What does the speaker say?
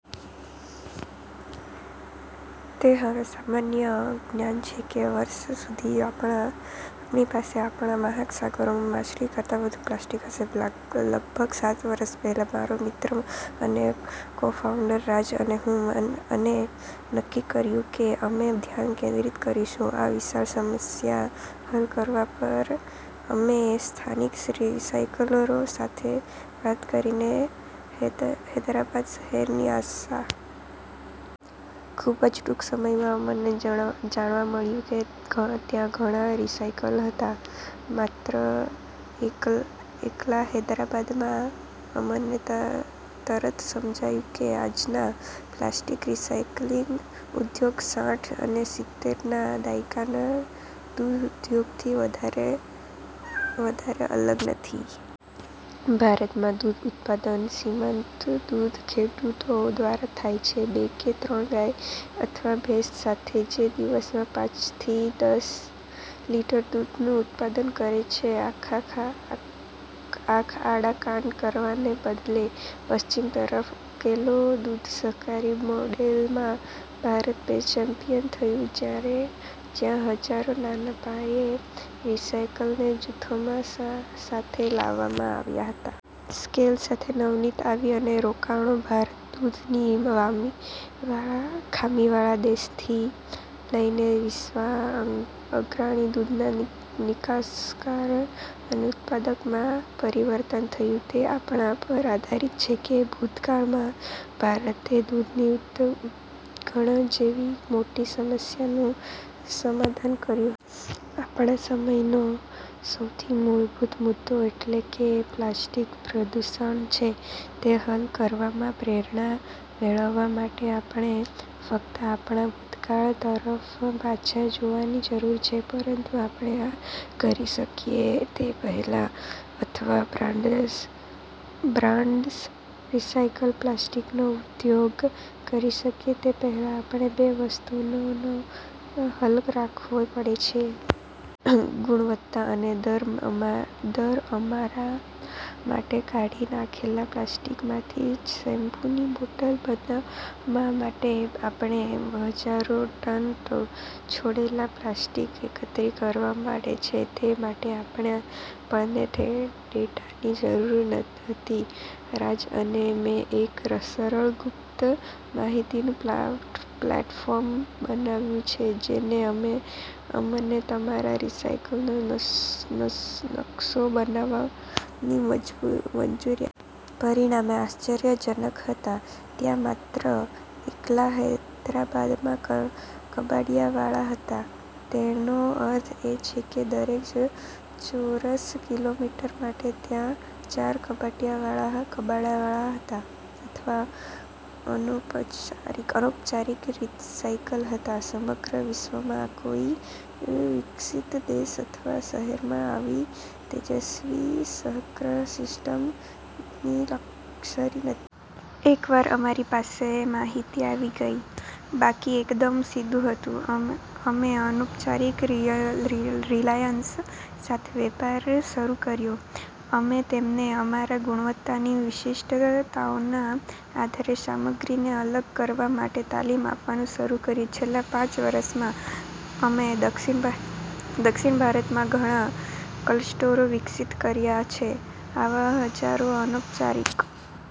તે હવે સામાન્ય જ્ઞાન છે કે વર્ષ સુધી આપણી પાસે આપણા મહાસાગરોમાં માછલી કરતા વધુ પ્લાસ્ટિક હશે. લગભગ સાત વર્ષ પહેલાં, મારો મિત્ર અને કોફાઉન્ડર રાજ અને હું, અમે નક્કી કર્યું કે અમે ધ્યાન કેન્દ્રિત કરીશું, આ વિશાળ સમસ્યા હલ કરવા પર અમે સ્થાનિક રિસાયકલરો સાથે વાત કરીને હૈદરાબાદ શહેરની આસપાસ ગયા. ખૂબ જ ટૂંક સમયમાં, અમને જાણવા મળ્યું કે ત્યાં ઘણા રિસાયકલ હતા માત્ર એકલા હૈદરાબાદમાં. અમને તરત સમજાયું કે આજના પ્લાસ્ટિક રિસાયક્લિંગ ઉદ્યોગ સાઠ અને સિતેર ના દાયકાના દૂધ ઉદ્યોગ થી વધારે અલગ નથી. ભારત માં દૂધનું ઉત્પાદન સીમાંત દૂધ ખેડુતો દ્વારા થાય છે, બે કે ત્રણ ગાય અથવા ભેંસ સાથે, જે દિવસમાં પાંચથી દસ લિટર દૂધ નું ઉત્પાદન કરે છે. આંખ આડા કાન કરવાને બદલે પશ્ચિમ તરફથી ઉકેલો, દૂધ સહકારી મોડેલમાં ભારત ચેમ્પિયન થયું, જ્યાં હજારો નાના પાયે રિસાયકલને જૂથોમાં સાથે લાવવામાં આવ્યા હતા. સ્કેલ સાથે નવીનતા આવી અને રોકાણો, ભારત દૂધની ખામીવાળા દેશથી લઈને વિશ્વના અગ્રણી દૂધના નિકાસકાર અને ઉત્પાદક માં પરિવર્તન થયું. તે આપણા પર આધારીત છે કે ભૂતકાળમાં ભારતે દૂધની ઉણપ જેવી મોટી સમસ્યાઓનું સમાધાન કર્યું હતું. આપણા સમયનો સૌથી મૂળભૂત મુદ્દો એટલે કે પ્લાસ્ટિક પ્રદૂષણ છે, તે હલ કરવામાં પ્રેરણા મેળવવા માટે આપણે ફક્ત આપણા ભૂતકાળ તરફ પાછા જોવાની જરૂર છે, પરંતુ આપણે આ કરી શકીએ તે પહેલાં અથવા બ્રાન્ડસ્ રિસાયકલ પ્લાસ્ટિકનો ઉપયોગ કરી શકે તે પહેલાં, આપણે બે વસ્તુઓને હલ કરવી પડશે. ગુણવત્તા અને દર અમારા માટે કાઢી નાખેલા પ્લાસ્ટિકમાંથી શેમ્પૂ ની બોટલ બનાવવા માટે, આપણે હજારો ટન છોડેલા પ્લાસ્ટિક એકત્રિત કરવા પડે છે. તે માટે, આપણને ડેટાની જરૂર હતી. રાજ અને મેં એક સરળ ગુપ્ત માહિતીનું પ્લેટફોર્મ બનાવ્યું છે જેને અમને તમામ રિસાયકલનો નકશો બનાવવાની મંજૂરી આપી હતી, અમને હૈદરાબાદના દરેક રિસાયકલનો પક્ષીનો દૃષ્ટિકોણ આપે છે. પરિણામો આશ્ચર્યજનક હતા. ત્યાં માત્ર એકલા હૈદરાબાદમાં કબાડીવાળા હતા. તેનો અર્થ એ કે દરેક ચોરસ કિલોમીટર માટે, ત્યાં ચાર કબાડીવાળા અથવા અનૌપચારિક રિસાયકલ હતા. સમગ્ર વિશ્વમાં કોઈ વિકસિત દેશ અથવા શહેરમાં આવી તેજસ્વી સંગ્રહ સિસ્ટમની લક્ઝરી નથી. એકવાર અમારી પાસે માહિતી આવી ગઇ, બાકી એકદમ સીધું હતું. અમે અનૌપચારિક રિસાયકલ સાથે વેપાર શરૂ કર્યો, અમે તેમને અમારા ગુણવત્તાની વિશિષ્ટતાઓના આધારે સામગ્રીને અલગ કરવા માટે તાલીમ આપવાનું શરૂ કર્યું. છેલ્લાં પાંચ વર્ષોમાં, અમે દક્ષિણ ભારતમાં ઘણા ક્લસ્ટરો વિકસિત કર્યા છે, આવા હજારો અનૌપચારિક રિસાયકલનો સમાવેશ, જે સીધી અને ડિજિટલ રીતે અમારી સાથે સંપર્ક કરે છે.